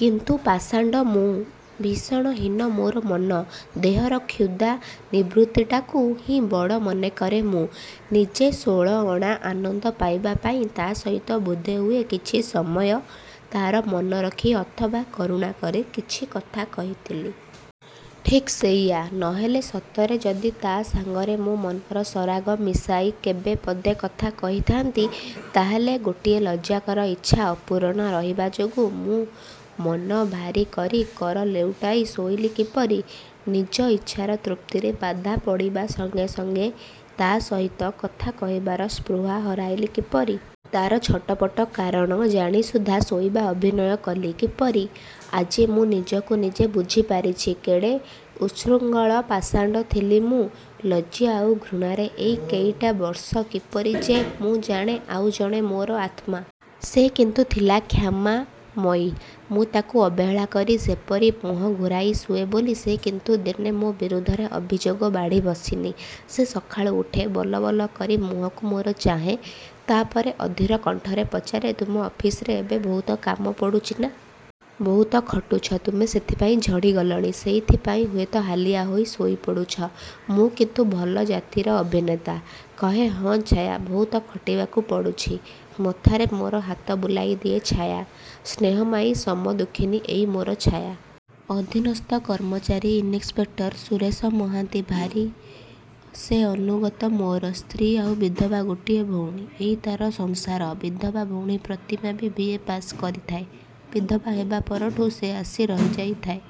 କିନ୍ତୁ ପାଷାଣ୍ଡ ମୁଁ। ଭୀଷଣ ହୀନ ମୋର ମନ। ଦେହର କ୍ଷୁଧା ନିବୃତ୍ତିଟାକୁ ହିଁ ବଡ଼ ମନେ କରେ ମୁଁ। ନିଜେ ଷୋଳଅଣା ଆନନ୍ଦ ପାଇବା ପାଇଁ ତା' ସହିତ ବୋଧେ ହୁଏ କିଛି ସମୟ ତା'ର ମନ ରଖି ଅଥବା କରୁଣା କରି କିଛି କଥା କହିଥିଲି। ଠିକ୍ ସେଇଆ। ନହେଲେ ସତରେ ଯଦି ତା' ସାଙ୍ଗରେ ମୁଁ ମନର ସରାଗ ମିଶାଇ କେବେ ପଦେ କଥା କହିଥାନ୍ତି, ତାହାହେଲେ ଗୋଟିଏ ଲଜ୍ଜାକର ଇଚ୍ଛା ଅପୂରଣ ରହିବା ଯୋଗୁଁ ମୁଁ ମନ ଭାରି କରି କର ଲେଉଟାଇ ଶୋଇଲି କିପରି? ନିଜ ଇଚ୍ଛାର ତୃପ୍ତିରେ ବାଧା ପଡ଼ିବା ସଙ୍ଗେ ସଙ୍ଗେ ତା' ସହିତ କଥା କହିବାର ସ୍ପୃହା ହରାଇଲି କିପରି? ତା'ର ଛଟପଟ କାରଣ ଜାଣି ସୁଦ୍ଧା ଶୋଇବା ଅଭିନୟ କଲି କିପରି? ଆଜି ମୁଁ ନିଜକୁ ନିଜେ ବୁଝି ପାରିଛି, କେଡ଼େ ଉଚ୍ଛୃଙ୍ଖଳ ପାଷାଣ୍ଡ ଥିଲି ମୁଁ। ଲଜ୍ଜା ଆଉ ଘୃଣାରେ ଏଇ କେଇଟା ବର୍ଷ କିପରି ଯେ ମୁଁ ଜାଣେ ଆଉ ଜଣେ ମୋର ଆତ୍ମା। ସେ କିନ୍ତୁ ଥିଲା କ୍ଷମାମୟୀ। ମୁଁ ତାଙ୍କୁ ଅବହେଳା କରି ସେପରି ମୁହଁ ଘୂରାଇ ଶୁଏ ବୋଲି, ସେ କିନ୍ତୁ ଦିନେ ମୋ ବିରୁଦ୍ଧରେ ଅଭିଯୋଗ ବାଢ଼ି ବସିନି। ସେ ସକାଳୁ ଉଠେ। ବଲ ବଲ କରି ମୁହଁକୁ ମୋର ଚାହେଁ। ତା' ପରେ ଅଧୀର କଣ୍ଠରେ ପଚାରେ ତୁମ ଅଫିସରେ ଏବେ ବହୁତ କାମ ପଡ଼ୁଛି ନା? ବହୁତ ଖଟୁଛ ତୁମେ ସେଥିପାଇଁ ଝଡ଼ି ଗଲଣି, ସେଇଥିପାଇଁ ହୁଏତ ହାଲିଆ ହୋଇ ଶୋଇ ପଡ଼ୁଛ। ମୁଁ କିନ୍ତୁ ଭଲ ଜାତିର ଅଭିନେତା। କହେ ହଁ ଛାୟା, ବହୁତ ଖଟିବାକୁ ପଡ଼ୁଛି। ମଥାରେ ମୋର ହାତ ବୁଲାଇ ଦିଏ ଛାୟା, ସ୍ନେହମୟୀ, ସମଦୁଃଖିନୀ ଏଇ ମୋର ଛାୟା। ଅଧୀନସ୍ଥ କର୍ମଚାରୀ ଇନ୍‌ସପେକ୍ଟର ସୁରେଶ ମହାନ୍ତି। ଭାରି ସେ ଅନୁଗତ ମୋର। ସ୍ତ୍ରୀ ଆଉ ବିଧବା ଗୋଟିଏ ଭଉଣୀ। ଏଇ ତା'ର ସଂସାର। ବିଧବା ଭଉଣୀ ପ୍ରତିମା ବି. ଏ. ପାସ୍ କରିଥାଏ। ବିଧବା ହେବା ପରଠୁ ସେ ଆସି ରହିଯାଇଥାଏ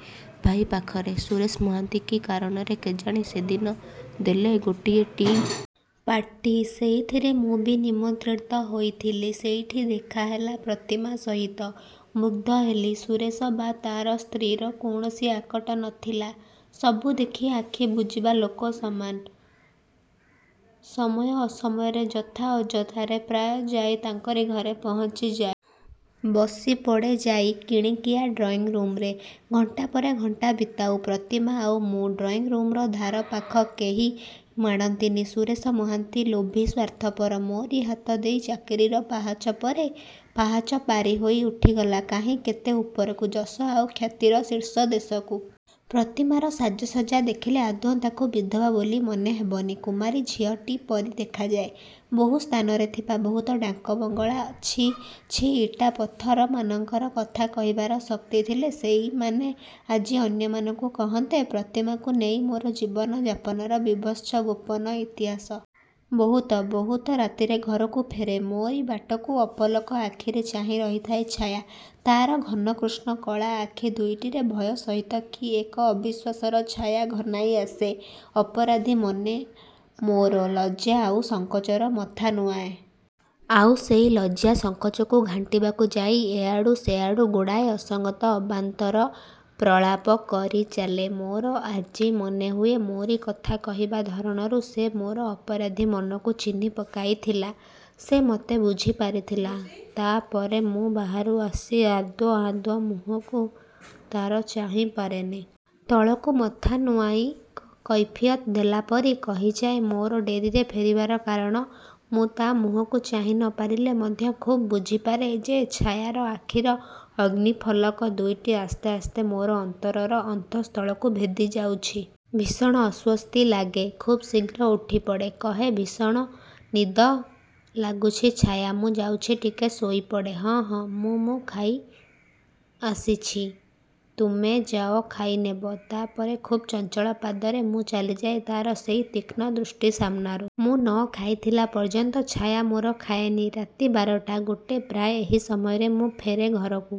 ଭାଇ ପାଖରେ। ସୁରେଶ ମହାନ୍ତି କି କାରଣରେ କେଜାଣି ସେଦିନ ଦେଲେ ଗୋଟିଏ ଟି. ପାର୍ଟି। ସେଇଥିରେ ମୁଁ ବି ନିମନ୍ତ୍ରିତ ହୋଇଥିଲି। ସେଇଠି ଦେଖାହେଲା ପ୍ରତିମା ସହିତ। ମୁଗ୍ଧ ହେଲି। ସୁରେଶ ବା ତା'ର ସ୍ତ୍ରୀର କୌଣସି ଆକଟ ନ ଥିଲା। ସବୁ ଦେଖି ଆଖି ବୁଜିବା ଲୋକ ସମାନ। ସମୟ ଅସମୟରେ ଯଥା ଅଯଥାରେ ପ୍ରାୟ ଯାଇ ତାଙ୍କରି ଘରେ ପହଞ୍ଚି ଯାଏ। ବସି ପଡ଼େ ଯାଇ କଣିକିଆ ଡ୍ରଇଂରୁମ୍‌ରେ। ଘଣ୍ଟା ପରେ ଘଣ୍ଟା ବିତାଉ, ପ୍ରତିମା ଆଉ ମୁଁ। ଡ୍ରଇଂରୁମ୍‌ର ଧାର ପାଖ କେହି ମାଡ଼ନ୍ତିନି। ସୁରେଶ ମହାନ୍ତି ଲୋଭୀ, ସ୍ୱାର୍ଥପର। ମୋରି ହାତ ଦେଇ ଚାକିରିର ପାହାଚ ପରେ ପାହାଚ ପାରି ହୋଇ ଉଠିଗଲା କାହିଁ କେତେ ଉପରକୁ, ଯଶ ଆଉ ଖ୍ୟାତିର ଶୀର୍ଷଦେଶକୁ। ପ୍ରତିମାର ସାଜସଜ୍ଜା ଦେଖିଲେ ଆଦୌ ତାକୁ ବିଧବା ବୋଲି ମନେ ହେବନି। କୁମାରୀ ଝିଅଟି ପରି ଦେଖାଯାଏ। ବହୁ ସ୍ଥାନରେ ଥିବା ବହୁତ ଡାକବଙ୍ଗଳା ଛି, ଛି ଇଟା ପଥରମାନଙ୍କର କଥା କହିବାର ଶକ୍ତି ଥିଲେ ସେଇମାନେ ଆଜି ଅନ୍ୟମାନଙ୍କୁ କହନ୍ତେ ପ୍ରତିମାକୁ ନେଇ ମୋର ଜୀବନ ଯାପନର ବୀଭତ୍ସ ଗୋପନ ଇତିହାସ। ବହୁତ, ବହୁତ ରାତିରେ ଘରକୁ ଫେରେ। ମୋରି ବାଟକୁ ଅପଲକ ଆଖିରେ ଚାହିଁ ରହିଥାଏ ଛାୟା। ତା'ର ଘନକୃଷ୍ଣ କଳା ଆଖି ଦୁଇଟିରେ ଭୟ ସହିତ କି ଏକ ଅବିଶ୍ୱାସର ଛାୟା ଘନାଇ ଆସେ। ଅପରାଧୀ ମନେ ମୋର। ଲଜ୍ଜା ଆଉ ସଂକୋଚର ମଥା ନୁଆଁଏ। ଆଉ ସେଇ ଲଜ୍ଜା ସଂକୋଚକୁ ଘାଣ୍ଟିବାକୁ ଯାଇ ଏଆଡ଼ୁ ସେଆଡ଼ୁ ଗୁଡ଼ାଏ ଅସଙ୍ଗତ ଅବାନ୍ତର ପ୍ରଳାପ କରି ଚାଲେ। ମୋର ଆଜି ମନେ ହୁଏ ମୋରି କଥା କହିବା ଧରଣରୁ ସେ ମୋର ଅପରାଧୀ ମନକୁ ଚିହ୍ନି ପକାଇଥିଲା। ସେ ମତେ ବୁଝି ପାରିଥିଲା। ତା' ପରେ ମୁଁ ବାହାରୁ ଆସି ଆଦୌ, ଆଦୌ ମୁହଁକୁ ତା'ର ଚାହିଁ ପାରେନି। ତଳକୁ ମଥା ନୁଆଁଇ କୈଫିୟତ୍ ଦେଲା ପରି କହିଯାଏ ମୋର ଡେରିରେ ଫେରିବାର କାରଣ। ମୁଁ ତା' ମୁହଁକୁ ଚାହିଁ ନ ପାରିଲେ ମଧ୍ୟ ଖୁବ୍ ବୁଝି ପାରେ ଯେ ଛାୟାର ଆଖିର ଅଗ୍ନିଫଲକ ଦୁଇଟି ଆସ୍ତେ ଆସ୍ତେ ମୋର ଅନ୍ତରର ଅନ୍ତଃସ୍ଥଳକୁ ଭେଦି ଯାଉଛି। ଭୀଷଣ ଅସ୍ୱସ୍ତି ଲାଗେ। ଖୁବ୍ ଶୀଘ୍ର ଉଠି ପଡ଼େ। କହେ ଭୀଷଣ ନିଦ ଲାଗୁଛି ଛାୟା। ମୁଁ ଯାଉଛି ଟିକେ ଶୋଇ ପଡ଼େ। ହଁ, ହଁ ମୁଁ, ମୁଁ ଖାଇ ଆସିଛି। ତୁମେ ଯାଅ ଖାଇନେବ। ତା' ପରେ ଖୁବ୍ ଚଞ୍ଚଳା ପାଦରେ ମୁଁ ଚାଲିଯାଏ ତା'ର ସେଇ ତୀକ୍ଷ୍ଣ ଦୃଷ୍ଟି ସାମନାରୁ। ମୁଁ ନ ଖାଇଥିଲା ପର୍ଯ୍ୟନ୍ତ ଛାୟା ମୋର ଖାଏନି। ରାତି ବାରଟା, ଗୋଟେ ପ୍ରାୟ ଏହି ସମୟରେ ମୁଁ ଫେରେ ଘରକୁ।